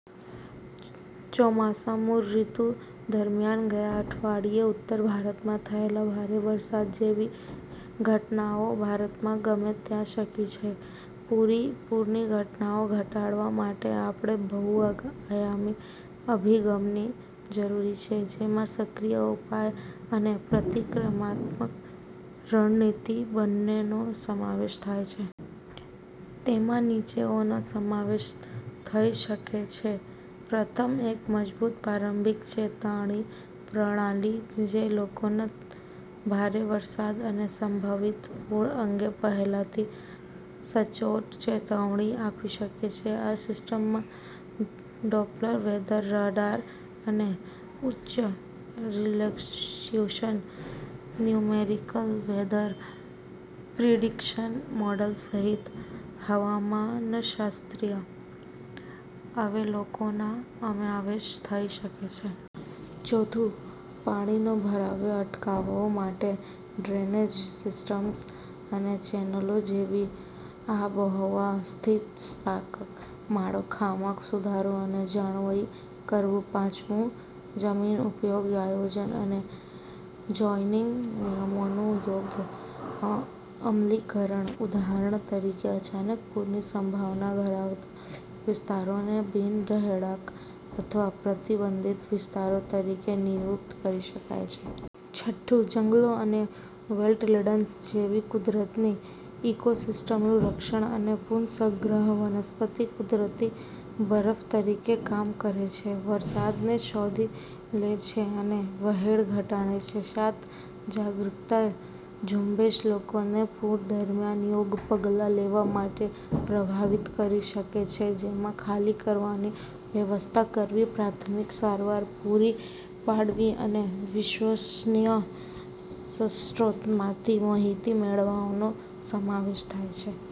ચોમાસાની ઋતુ દરમિયાન ગયા અઠવાડીએ ઉત્તર ભારતમાં થયેલા ભારે વરસાદ જેવી ઘટનાઓ ભારતમાં ગમે ત્યાં થઈ શકે છે. પૂરની ઘટનાઓ ઘટાડવા માટે, આપણે બહુ-આયામી અભિગમની જરૂર છે, જેમાં સક્રિય ઉપાય અને પ્રતિક્રિયાત્મક રણનીતિ બંનેનો સમાવેશ થાય છે. તેમાં નીચેનાનો સમાવેશ થઈ શકે છે: પ્રથમ, એક મજબૂત પ્રારંભિક ચેતવણી પ્રણાલી, જે લોકોને ભારે વરસાદ અને સંભવિત પૂર અંગે પહેલાથી સચોટ ચેતવણી આપી શકે છે. આ સિસ્ટમમાં ડોપ્લર વેધર રડાર અને ઉચ્ચ resolution numerical weather prediction model સહિત હવામાનશાસ્ત્રીય અવલોકનોનો સમાવેશ થઈ શકે છે. ચોથું, પાણીનો ભરાવો અટકાવવા માટે ડ્રેનેજ સિસ્ટમ્સ અને ચેનલો જેવી આબોહવા-સ્થિતિસ્થાપક માળખામાં સુધારો અને જાળવણી કરવી. પાંચમું, જમીન ઉપયોગ આયોજન અને ઝોનિંગ નિયમોનું યોગ્ય અમલીકરણ. ઉદાહરણ તરીકે, અચાનક પૂરની સંભાવના ધરાવતા વિસ્તારોને બિન-રહેણાંક અથવા પ્રતિબંધિત વિસ્તારો તરીકે નિયુક્ત કરી શકાય છે. છઠ્ઠું, જંગલો અને વેટલેન્ડ્સ જેવી કુદરતી ઇકોસિસ્ટમનું રક્ષણ અને પુનઃસંગ્રહ. વનસ્પતિ કુદરતી બફર તરીકે કામ કરે છે, વરસાદને શોષી લે છે અને વહેણ ઘટાડે છે. સાત, જાગરૂકતા ઝુંબેશ લોકોને પૂર દરમિયાન યોગ્ય પગલાં લેવા માટે પ્રભાવિત કરી શકે છે, જેમાં ખાલી કરાવવાની વ્યવસ્થા કરવી, પ્રાથમિક સારવાર પૂરી પાડવી અને વિશ્વસનીય સ્ત્રોતોમાંથી માહિતી મેળવવાનો સમાવેશ થાય છે.